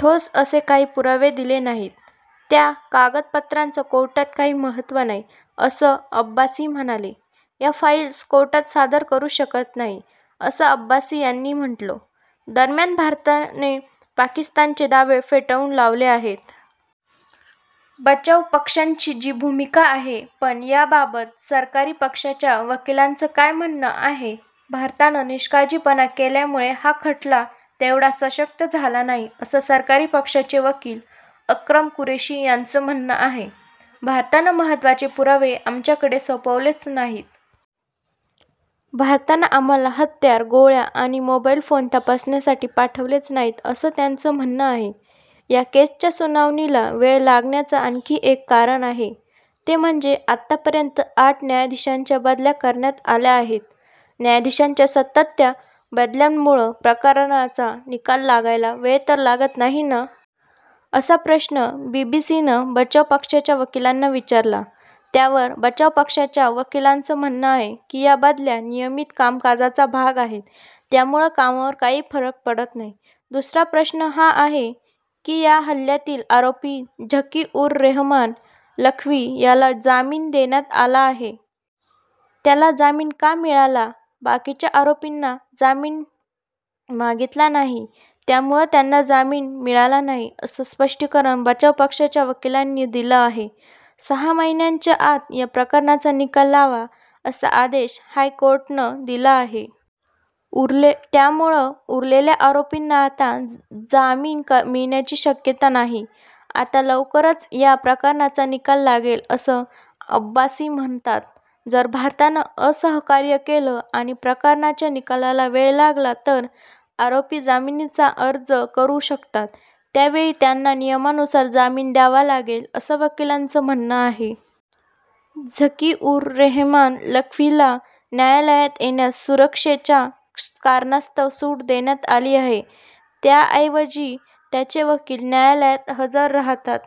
ठोस असे काही पुरावे दिले नाहीत. त्या कागदपत्रांचं कोर्टात काही महत्त्व नाही असं अब्बासी म्हणाले. या फाइल्स कोर्टात सादर करू शकत नाही असं अब्बासी यांनी म्हटलं. दरम्यान भारताने पाकिस्तानचे दावे फेटाळून लावले आहेत. बचाव पक्षांची जी भूमिका आहे. पण याबाबत सरकारी पक्षाच्या वकिलांचं काय म्हणणं आहे? भारतानं निष्काळजीपणा केल्यामुळं हा खटला तेवढा सशक्त झाला नाही असं सरकारी पक्षाचे वकील अक्रम कुरेशी यांचं म्हणणं आहे. भारतानं महत्त्वाचे पुरावे आमच्याकडं सोपवलेच नाहीत. भारतानं आम्हाला हत्यारं, गोळ्या आणि मोबाइल फोन तपासण्यासाठी पाठवलेच नाहीत असं त्यांचं म्हणणं आहे. या केसच्या सुनावणीला वेळ लागण्याचं आणखी एक कारण आहे. ते म्हणजे आतापर्यंत आठ न्यायाधीशांच्या बदल्या करण्यात आल्या आहेत. न्यायाधीशांच्या सततच्या बदल्यांमुळं प्रकरणाचा निकाल लागायला वेळ तर लागत नाही ना? असा प्रश्न बीबीसीनं बचाव पक्षाच्या वकिलांना विचारला. त्यावर बचाव पक्षाच्या वकिलांचं म्हणणं आहे, की या बदल्या नियमित कामकाजाचा भाग आहेत. त्यामुळं कामावर काही फरक पडत नाही. दुसरा प्रश्न हा आहे, की या हल्ल्यातील आरोपी झकी-उर-रेहमान लखवी याला जामीन देण्यात आला आहे. त्याला जामीन का मिळाला? बाकीच्या आरोपींनी जामीन मागितला नाही. त्यामुळं त्यांना जामीन मिळाला नाही असं स्पष्टीकरण बचाव पक्षाच्या वकिलांनी दिलं आहे. सहा महिन्यांच्या आत या प्रकरणाचा निकाल लावा असा आदेश हायकोर्टानं दिला आहे. त्यामुळं उरलेल्या आरोपींना आता जामीन मिळण्याची शक्यता नाही. आता लवकरच या प्रकरणाचा निकाल लागेल असं अब्बासी म्हणतात. जर भारतानं असहकार्य केलं आणि प्रकरणाच्या निकालाला वेळ लागला तर आरोपी जामीनाचा अर्ज करू शकतात. त्यावेळी त्यांना नियमानुसार जामीन द्यावा लागेल असं वकिलांचं म्हणणं आहे. झकी-उर-रेहमान लखवीला न्यायालयात येण्यास सुरक्षेच्या कारणास्तव सूट देण्यात आली आहे. त्याऐवजी त्याचे वकील न्यायालयात हजर राहतात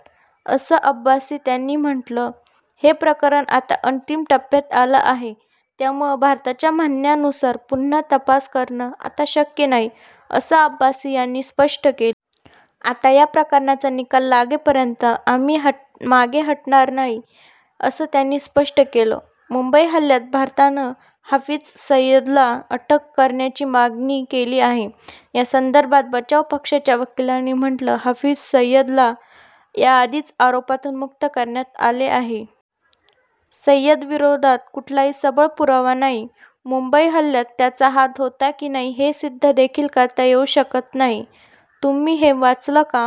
असं अब्बासी यांनी म्हटलं. हे प्रकरण आता अंतिम टप्प्यात आलं आहे, त्यामुळं भारताच्या म्हणण्यानुसार पुन्हा तपास करणं आता शक्य नाही असं अब्बासी यांनी स्पष्ट केलं. आता या प्रकरणाचा निकाल लागेपर्यंत आम्ही मागे हटणार नाही असं त्यांनी स्पष्ट केलं. मुंबई हल्ल्यात भारतानं हाफिज सईदला अटक करण्याची मागणी केली आहे. या संदर्भात बचाव पक्षाच्या वकिलांनी म्हटलं हाफिज सईदला याआधीच आरोपातून मुक्त करण्यात आलं आहे. सईदविरोधात कुठलाही सबळ पुरावा नाही. मुंबई हल्ल्यात त्याचा हात होता की नाही हे सिद्ध देखील करता येऊ शकत नाही. तुम्ही हे वाचलं का?